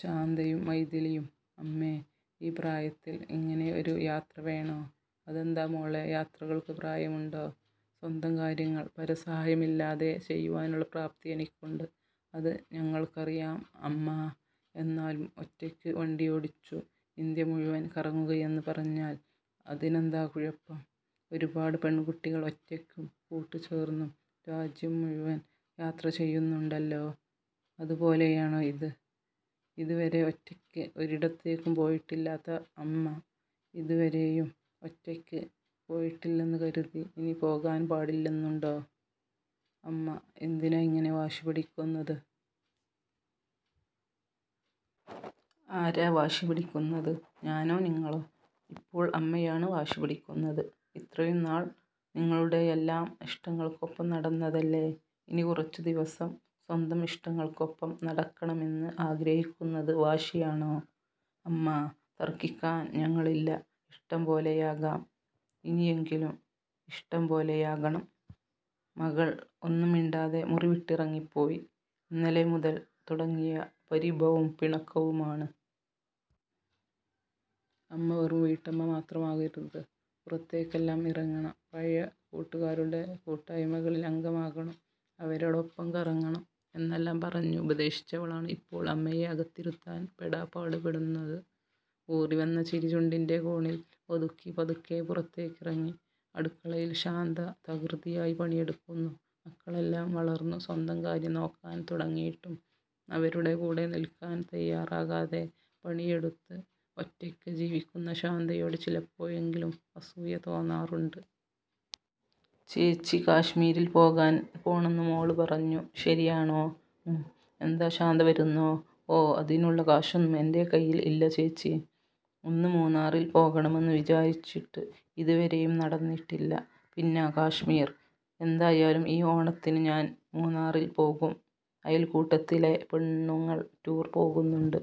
ശാന്തയും മൈഥിലിയും 'അമ്മേ, ഈ പ്രായത്തിൽ ഇങ്ങനെ ഒരു യാത്ര വേണോ?' അതെന്താ മോളെ യാത്രകൾക്ക് പ്രായമുണ്ടോ, സ്വന്തം കാര്യങ്ങൾ പരസഹായമില്ലാതെ ചെയ്യുവാനുള്ള പ്രാപ്തി എനിക്കുണ്ട്. 'അത് ഞങ്ങൾക്കറിയാം അമ്മാ, എന്നാലും ഒറ്റയ്ക്ക് വണ്ടിയോടിച്ചു ഇന്ത്യ മുഴുവൻ കറങ്ങുകയെന്ന് പറഞ്ഞാൽ' അതിനെന്താ കുഴപ്പം, ഒരുപാട് പെൺകുട്ടികൾ ഒറ്റയ്ക്കും കൂട്ടുചേർന്നും രാജ്യം മുഴുവൻ യാത്ര ചെയ്യുന്നുണ്ടല്ലോ ‘അതുപോലെയാണോ ഇത്, ഇതുവരെ ഒറ്റയ്ക്ക് ഒരിടത്തേക്കും പോയിട്ടില്ലാത്ത അമ്മ’ ‘ഇതുവരെയും ഒറ്റയ്ക്ക് പോയിട്ടില്ലെന്ന് കരുതി ഇനി പോകാൻ പാടില്ലെന്നുണ്ടോ’ ‘അമ്മ എന്തിനാ ഇങ്ങനെ വാശി പിടിക്കുന്നത്?’ ‘ആരാ വാശി പിടിക്കുന്നത്, ഞാനോ നിങ്ങളോ?’ ‘ഇപ്പോൾ അമ്മയാണ് വാശി പിടിക്കുന്നത്.' 'ഇത്രയും നാൾ നിങ്ങളുടെയെല്ലാം ഇഷ്ടങ്ങൾക്കൊപ്പം നടന്നതല്ലേ, ഇനി കുറച്ചു ദിവസം സ്വന്തം ഇഷ്ടങ്ങൾക്കൊപ്പം നടക്കണമെന്ന് ആഗ്രഹിക്കുന്നത് വാശിയാണോ.' 'അമ്മാ തർക്കിക്കാൻ ഞങ്ങളില്ല, ഇഷ്ടം പോലെയാകാം.' 'ഇനിയെങ്കിലും ഇഷ്ടംപോലെയാകണം.' മകൾ ഒന്നും മിണ്ടാതെ മുറിവിട്ടിറങ്ങി പോയി, ഇന്നലെ മുതൽ തുടങ്ങിയ പരിഭവവും പിണക്കവുമാണ്. അമ്മ വെറും വീട്ടമ്മ മാത്രമാകരുത്, പുറത്തേക്കെല്ലാം ഇറങ്ങണം, പഴയ കൂട്ടുകാരുടെ കൂട്ടായ്മകളിൽ അംഗമാകണം, അവരോടൊപ്പം കറങ്ങണം എന്നെല്ലാം പറഞ്ഞു ഉപദേശിച്ചവളാണ് ഇപ്പോൾ അമ്മയെ അകത്തിരുത്താൻ പെടാപ്പാട് പെടുന്നത്. ഊറിവന്ന ചിരി ചുണ്ടിൻ്റെ കോണിൽ ഒതുക്കി പതുക്കെ പുറത്തേക്കിറങ്ങി, അടുക്കളയിൽ ശാന്ത തകൃതിയായി പണിയെടുക്കുന്നു. മക്കളെല്ലാം വളർന്നു സ്വന്തം കാര്യം നോക്കാൻ തുടങ്ങിയിട്ടും, അവരുടെ കൂടെ നിൽക്കാൻ തയാറാകാതെ പണിയെടുത്ത് ഒറ്റയ്ക്ക് ജീവിക്കുന്ന ശാന്തയോട് ചിലപ്പോഴെങ്കിലും അസൂയ തോന്നാറുണ്ട്. 'ചേച്ചി കാശ്മീരിൽ പോകാൻ പോണെന്ന് മോള് പറഞ്ഞു, ശരിയാണോ' 'ങും, എന്താ ശാന്ത വരുന്നോ' 'ഓ അതിനുള്ള കാശൊന്നും എൻ്റെ കൈയിൽ ഇല്ല ചേച്ചി, ഒന്ന് മൂന്നാറിൽ പോകണമെന്ന് വിചാരിച്ചിട്ട് ഇതുവരെയും നടന്നിട്ടില്ല, പിന്നാ കാശ്മീർ. എന്തായാലും ഈ ഓണത്തിന് ഞാൻ മൂന്നാറിൽ പോകും, അയൽക്കൂട്ടത്തിലെ പെണ്ണുങ്ങൾ ടൂർ പോകുന്നുണ്ട്.'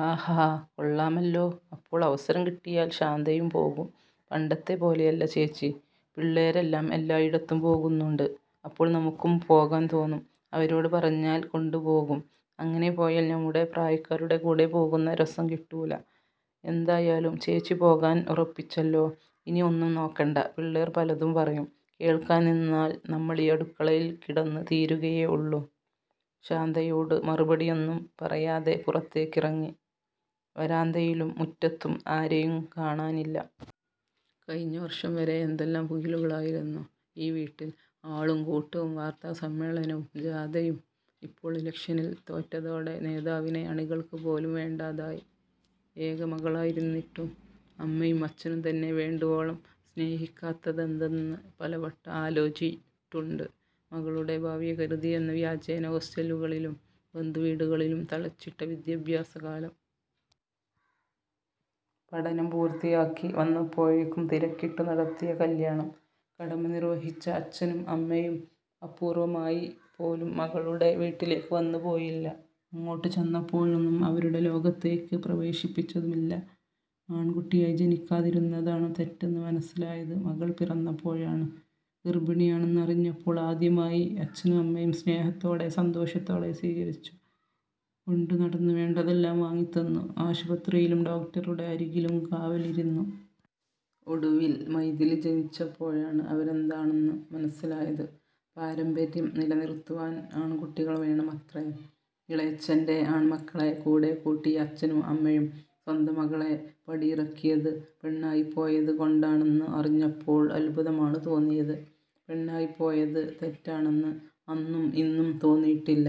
'ആഹാ, കൊള്ളാമല്ലോ അപ്പോൾ അവസരം കിട്ടിയാൽ ശാന്തയും പോകും.' 'പണ്ടത്തെ പോലെയല്ല ചേച്ചി, പിള്ളേരെല്ലാം എല്ലായിടത്തും പോകുന്നുണ്ട്. അപ്പോൾ നമ്മുക്കും പോകാൻ തോന്നും, അവരോട് പറഞ്ഞാൽ കൊണ്ടുപോകും, അങ്ങനെ പോയാൽ നമ്മുടെ പ്രായക്കാരുടെ കൂടെ പോകുന്ന രസം കിട്ടൂല. എന്തായാലും ചേച്ചി പോകാൻ ഉറപ്പിച്ചല്ലോ, ഇനി ഒന്നും നോക്കണ്ട; പിള്ളേർ പലതും പറയും കേൾക്കാൻ നിന്നാൽ നമ്മളീ അടുക്കളയിൽ കിടന്ന് തീരുകയേ ഉള്ളൂ' ശാന്തയോട് മറുപടിയൊന്നും പറയാതെ പുറത്തേക്കിറങ്ങി, വരാന്തയിലും മുറ്റത്തും ആരെയും കാണാനില്ല. കഴിഞ്ഞ വർഷം വരെ എന്തെല്ലാം പുകിലുകളായിരുന്നു ഈ വീട്ടിൽ, ആളും കൂട്ടവും വാർത്താ സമ്മേളനവും ജാഥയും ഇപ്പോൾ ഇലക്ഷനിൽ തോറ്റതോടെ നേതാവിനെ അണികൾക്ക് പോലും വേണ്ടാതായി. ഏക മകളായിരുന്നിട്ടും, അമ്മയും അച്ഛനും തന്നെ വേണ്ടുവോളം സ്നേഹിക്കാത്തതെന്തെന്ന് പലവട്ടം ആലോചിട്ടുണ്ട്. മകളുടെ ഭാവിയെക്കരുതി എന്ന വ്യാജേന ഹോസ്റ്റലുകളിലും, ബന്ധുവീടുകളിലും തളച്ചിട്ട വിദ്യാഭ്യാസകാലം. പഠനം പൂർത്തിയാക്കി വന്നപ്പോഴേക്കും തിരക്കിട്ടു നടത്തിയ കല്ല്യാണം. കടമ നിർവഹിച്ച അച്ഛനും അമ്മയും അപൂർവമായി പോലും മകളുടെ വീട്ടിലേക്ക് വന്നുപോയില്ല. അങ്ങോട്ട് ചെന്നപ്പോഴൊന്നും, അവരുടെ ലോകത്തേക്ക് പ്രവേശിപ്പിച്ചതുമില്ല. ആൺകുട്ടിയായി ജനിക്കാതിരുന്നതാണ് തെറ്റെന്ന് മനസ്സിലായത് മകൾ പിറന്നപ്പോഴാണ്, ഗർഭിണിയാണെന്ന് അറിഞ്ഞപ്പോൾ ആദ്യമായി അച്ഛനും അമ്മയും സ്നേഹത്തോടെ സന്തോഷത്തോടെ സ്വീകരിച്ചു, കൊണ്ടുനടന്നു വേണ്ടതെല്ലാം വാങ്ങിത്തന്നു, ആശുപത്രിയിലും ഡോക്ടറുടെ അരികിലും കാവലിരുന്നു. ഒടുവിൽ മൈഥിലി ജനിച്ചപ്പോഴാണ് അവരെന്താണെന്ന് മനസ്സിലായത്, പാരമ്പര്യം നിലനിറുത്തുവാൻ ആൺകുട്ടികൾ വേണമത്രേ. ഇളയച്ഛൻ്റെ ആൺമക്കളെ കൂടെകൂട്ടിയ അച്ഛനും അമ്മയും സ്വന്തം മകളെ പടിയിറക്കിയത് പെണ്ണായിപ്പോയത് കൊണ്ടാണെന്ന് അറിഞ്ഞപ്പോൾ അത്ഭുതമാണ് തോന്നിയത്. പെണ്ണായിപ്പോയത് തെറ്റാണെന്ന് അന്നും ഇന്നും തോന്നിയിട്ടില്ല,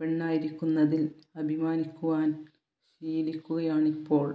പെണ്ണായിരിക്കുന്നതിൽ അഭിമാനിക്കുവാൻ ശീലിക്കുകയാണിപ്പോൾ.